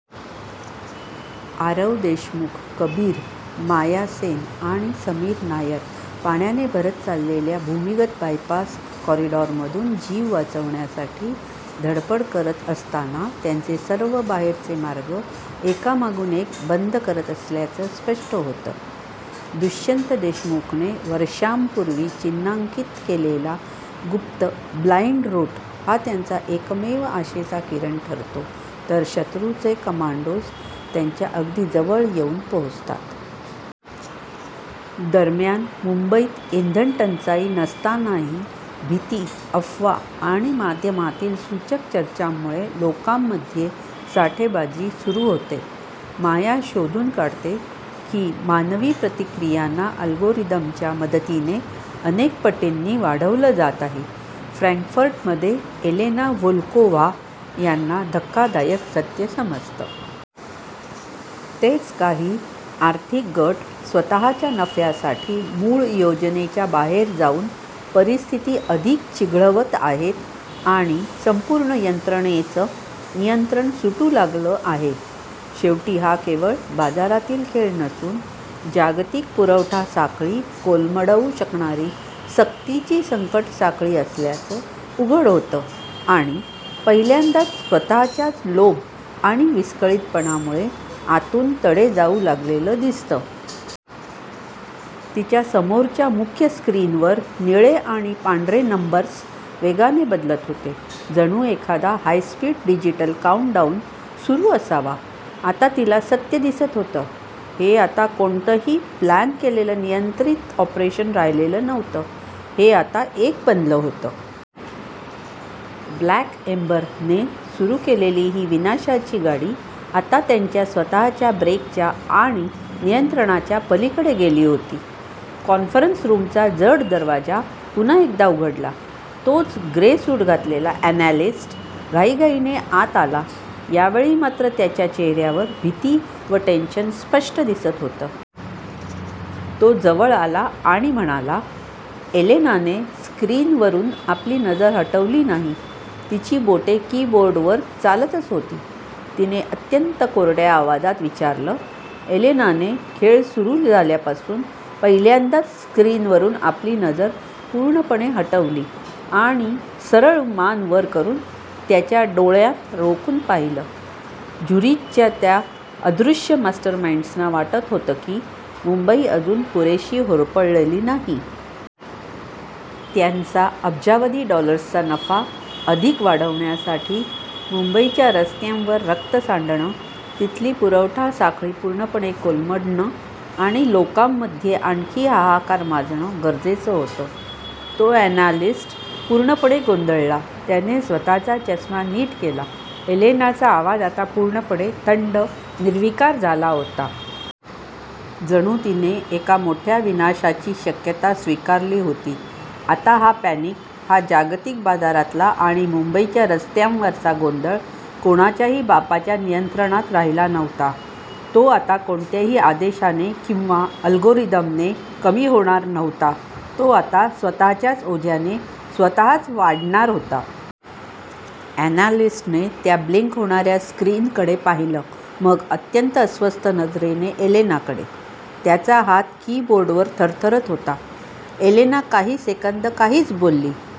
आरव देशमुख, कबीर, माया सेन आणि समीर नायर पाण्याने भरत चाललेल्या भूमिगत बायपास कॉरिडॉरमधून जीव वाचवण्यासाठी धडपड करत असताना त्यांचे सर्व बाहेरचे मार्ग एकामागून एक बंद करत असल्याचं स्पष्ट होतं. दुष्यंत देशमुखने वर्षांपूर्वी चिन्हांकित केलेला गुप्त "ब्लाइंड रूट" हा त्यांचा एकमेव आशेचा किरण ठरतो, तर शत्रूचे कमांडोज त्यांच्या अगदी जवळ येऊन पोहोचतात. दरम्यान मुंबईत इंधनटंचाई नसतानाही भीती, अफवा आणि माध्यमांतील सूचक चर्चांमुळे लोकांमध्ये साठेबाजी सुरू होते. माया शोधून काढते की मानवी प्रतिक्रियांना अल्गोरिदमच्या मदतीने अनेक पटींनी वाढवलं जात आहे. फ्रँकफर्टमध्ये एलेना व्होल्कोव्हा यांना धक्कादायक सत्य समजतं. तेच काही आर्थिक गट स्वतःच्या नफ्यासाठी मूळ योजनेच्या बाहेर जाऊन परिस्थिती अधिक चिघळवत आहेत आणि संपूर्ण यंत्रणेचं नियंत्रण सुटू लागलं आहे. शेवटी हा केवळ बाजारातील खेळ नसून जागतिक पुरवठा साखळी कोलमडवू शकणारी सक्तीची संकटसाखळी असल्याचं उघड होतं आणि पहिल्यांदाच स्वतःच्याच लोभ आणि विस्कळीतपणामुळे आतून तडे जाऊ लागलेलं दिसतं. तिच्या समोरच्या मुख्य स्क्रीनवर निळे आणि पांढरे नंबर्स वेगाने बदलत होते, जणू एखादा हाय-स्पीड डिजिटल काउंटडाऊन सुरू असावा. आता तिला सत्य दिसत होतं. हे आता कोणतंही प्लॅन केलेलं, नियंत्रित ऑपरेशन राहिलेलं नव्हतं. हे आता एक बनलं होतं. 'ब्लॅक एम्बर'ने सुरू केलेली ही विनाशाची गाडी आता त्यांच्या स्वतःच्या ब्रेकच्या आणि नियंत्रणाच्या पलीकडे गेली होती. कॉन्फरन्स रूमचा जड दरवाजा पुन्हा एकदा उघडला. तोच ग्रे सूट घातलेला अनॅलिस्ट घाईघाईने आत आला. यावेळी मात्र त्याच्या चेहऱ्यावर भीती व टेन्शन स्पष्ट दिसत होतं. तो जवळ आला आणि म्हणाला, "एलेनाने स्क्रीनवरून आपली नजर हटवली नाही, तिची बोटे कीबोर्डवर चालतच होती. तिने अत्यंत कोरड्या आवाजात विचारलं," एलेनाने खेळ सुरू झाल्यापासून पहिल्यांदाच स्क्रीनवरून आपली नजर पूर्णपणे हटवली आणि सरळ मान वर करून त्याच्या डोळ्यांत रोखून पाहिलं, झुरिचच्या त्या अदृश्य मास्टरमाइंड्सना वाटत होतं की, मुंबई अजून पुरेशी होरपळलेली नाही. त्यांचा अब्जावधी डॉलर्सचा नफा अधिक वाढवण्यासाठी मुंबईच्या रस्त्यांवर रक्त सांडणं, तिथली पुरवठा साखळी पूर्णपणे कोलमडणं आणि लोकांमध्ये आणखी हाहाकार माजणं गरजेचं होतं. तो अनॅलिस्ट पूर्णपणे गोंधळला. त्याने स्वतःचा चष्मा नीट केला, एलेनाचा आवाज आता पूर्णपणे थंड, निर्विकार झाला होता. जणू तिने एका मोठ्या विनाशाची शक्यता स्वीकारली होती. आता हा पॅनिक, हा जागतिक बाजारातला आणि मुंबईच्या रस्त्यांवरचा गोंधळ कोणाच्याही बापाच्या नियंत्रणात राहिला नव्हता. तो आता कोणत्याही आदेशाने किंवा अल्गोरिदमने कमी होणार नव्हता. तो आता स्वतःच्याच ओझ्याने, स्वतःच वाढणार होता. अनॅलिस्टने त्या ब्लिंक होणाऱ्या स्क्रीनकडे पाहिलं, मग अत्यंत अस्वस्थ नजरेने एलेनाकडे. त्याचा हात कीबोर्डवर थरथरत होता. एलेना काही सेकंद काहीच बोलली